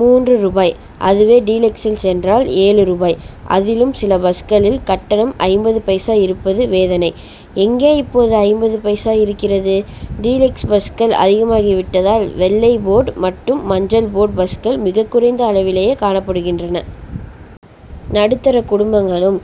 மூன்று ரூபாய் அதுவே டீலக்சில் சென்றால் ஏழு ரூபாய். அதிலும் சில பஸ்களில் கட்டணம் ஐம்பது பைசா இருப்பது வேதனை. எங்கே இப்போது ஐம்பது பைசா இருக்கிறது? டீலக்ஸ் பஸ்கள் அதிகமாகி விட்டதால் வெள்ளை போர்டு மற்றும் மஞ்சள் போர்டு பஸ்கள் மிகக்குறைந்த அளவிலே காணப்படுகின்றன. நடுத்தர குடும்பங்களும்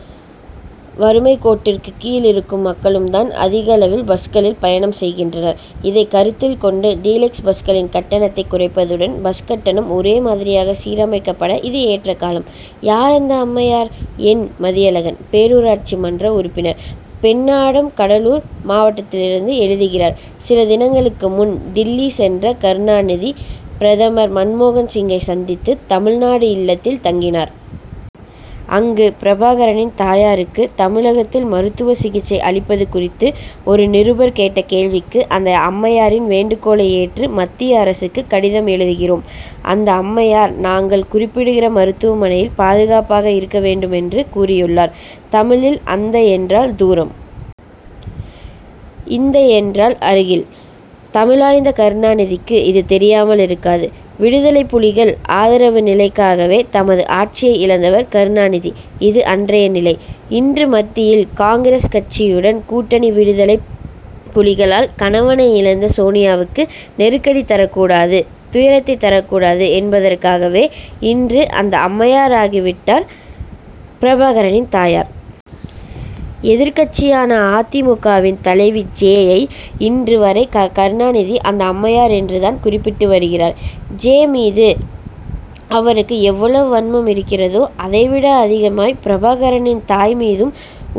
வறுமைக் கோட்டிற்கு கீழ் இருக்கும் மக்களும் தான் அதிகளவில் பஸ்களில் பயணம் செய்கின்றனர். இதை கருத்தில் கொண்டு டீலக்ஸ் பஸ்களின் கட்டணத்தை குறைப்பதுடன் பஸ் கட்டணம் ஒரே மாதிரியாக சீரமைக்கப்பட இது ஏற்ற காலம். யார் அந்த அம்மையார்? என். மதியழகன் பேரூராட்சி மன்ற உறுப்பினர் பெண்ணாடம் கடலூர் மாவட்டத்திலிருந்து எழுதுகிறார் சில தினங்களுக்கு முன் டில்லி சென்ற கருணாநிதி பிரதமர் மன்மோகன் சிங்கை சந்தித்து தமிழ்நாடு இல்லத்தில் தங்கினார். அங்கு பிரபாகரனின் தாயாருக்கு தமிழகத்தில் மருத்துவ சிகிச்சை அளிப்பது குறித்து ஒரு நிருபர் கேட்ட கேள்விக்கு அந்த அம்மையாரின் வேண்டுகோளை ஏற்று மத்திய அரசுக்கு கடிதம் எழுதியிருக்கிறோம். அந்த அம்மையார் நாங்கள் குறிப்பிடுகிற மருத்துவமனையில் பாதுகாப்பாக இருக்க வேண்டும் என்று கூறியுள்ளார். தமிழில் அந்த என்றால் தூரம். இந்த என்றால் அருகில். தமிழாய்ந்த கருணாநிதிக்கு இது தெரியாமல் இருக்காது. விடுதலைப் புலிகள் ஆதரவு நிலைக்காகவே தமது ஆட்சியை இழந்தவர் கருணாநிதி இது அன்றைய நிலை. இன்று மத்தியில் காங்கிரஸ் கட்சியுடன் கூட்டணி விடுதலைப் புலிகளால் கணவனை இழந்த சோனியாவுக்கு நெருக்கடி தரக் கூடாது துயரத்தை தரக் கூடாது என்பதற்காகவே இன்று அந்த அம்மையாராகி விட்டார் பிரபாகரனின் தாயார். எதிர்க்கட்சியான அ. தி. மு. க.வின் தலைவி ஜெ.யை இன்று வரை கருணாநிதி அந்த அம்மையார் என்று தான் குறிப்பிட் டு வருகிறார். ஜெ. மீது அவருக்கு எவ்வளவு வன்மம் இருக்கிறதோ அதைவிட அதிகமாய் பிரபாகரனின் தாய் மீதும்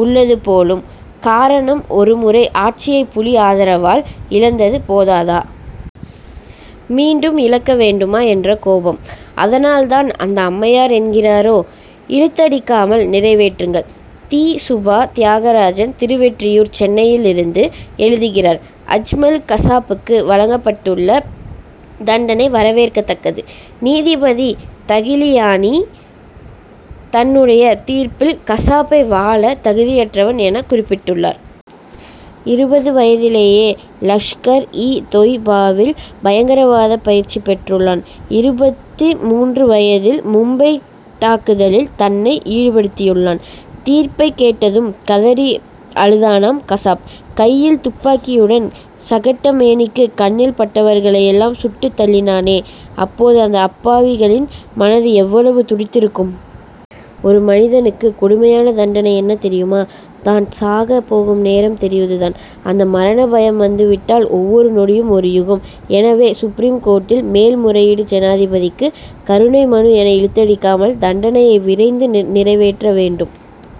உள்ளது போலும். காரணம் ஒருமுறை ஆட்சியை புலி ஆதரவால் இழந்தது போதாதா? மீண்டும் இழக்க வேண்டுமா என்ற கோபம். அதனால் தான் அந்த அம்மையார் என்கிறாரோ? இழுத்தடிக்காமல் நிறைவேற்றுங்கள்! தி. சுபா தியாகராஜன் திருவொற்றியூர் சென்னையிலிருந்து எழுதுகிறார் அஜ்மல் கசாப்புக்கு வழங்கப் பட்டுள்ள தண்டனை வரவேற்கத்தக்கது. நீதிபதி தகிலியானி தன்னுடைய தீர்ப்பில் கசாப்பை வாழ தகுதியற்றவன் எனக் குறிப்பிட்டுள்ளார். இருபது வயதிலேயே லஷ்கர் இ தொய் பாவில் பயங்கரவாத பயிற்சிப் பெற்றுள்ளான். இருபத்து மூன்று வயதில் மும்பை தாக்குதலில் தன்னை ஈடுபடுத்தியுள்ளான். தீர்ப்பைக் கேட்டதும் கதறி அழுதானாம் கசாப். கையில் துப்பாக்கியுடன் சகட்டு மேனிக்கு கண்ணில் பட்டவர்களை எல்லாம் சுட்டு தள்ளினானே அப்போது அந்த அப்பாவிகளின் மனது எவ்வளவு துடித்திருக்கும். ஒரு மனிதனுக்கு கொடுமையான தண்டனை என்ன தெரியுமா? தான் சாக போகும் நேரம் தெரிவது தான். அந்த மரணபயம் வந்து விட்டால் ஒவ்வொரு நொடியும் ஒரு யுகம். எனவே சுப்ரீம் கோர்ட்டில் மேல் முறையீடு ஜனாதிபதிக்கு கருணை மனு என இழுத்தடிக்காமல் தண்டனையை விரைந்து நிறைவேற்ற வேண்டும்.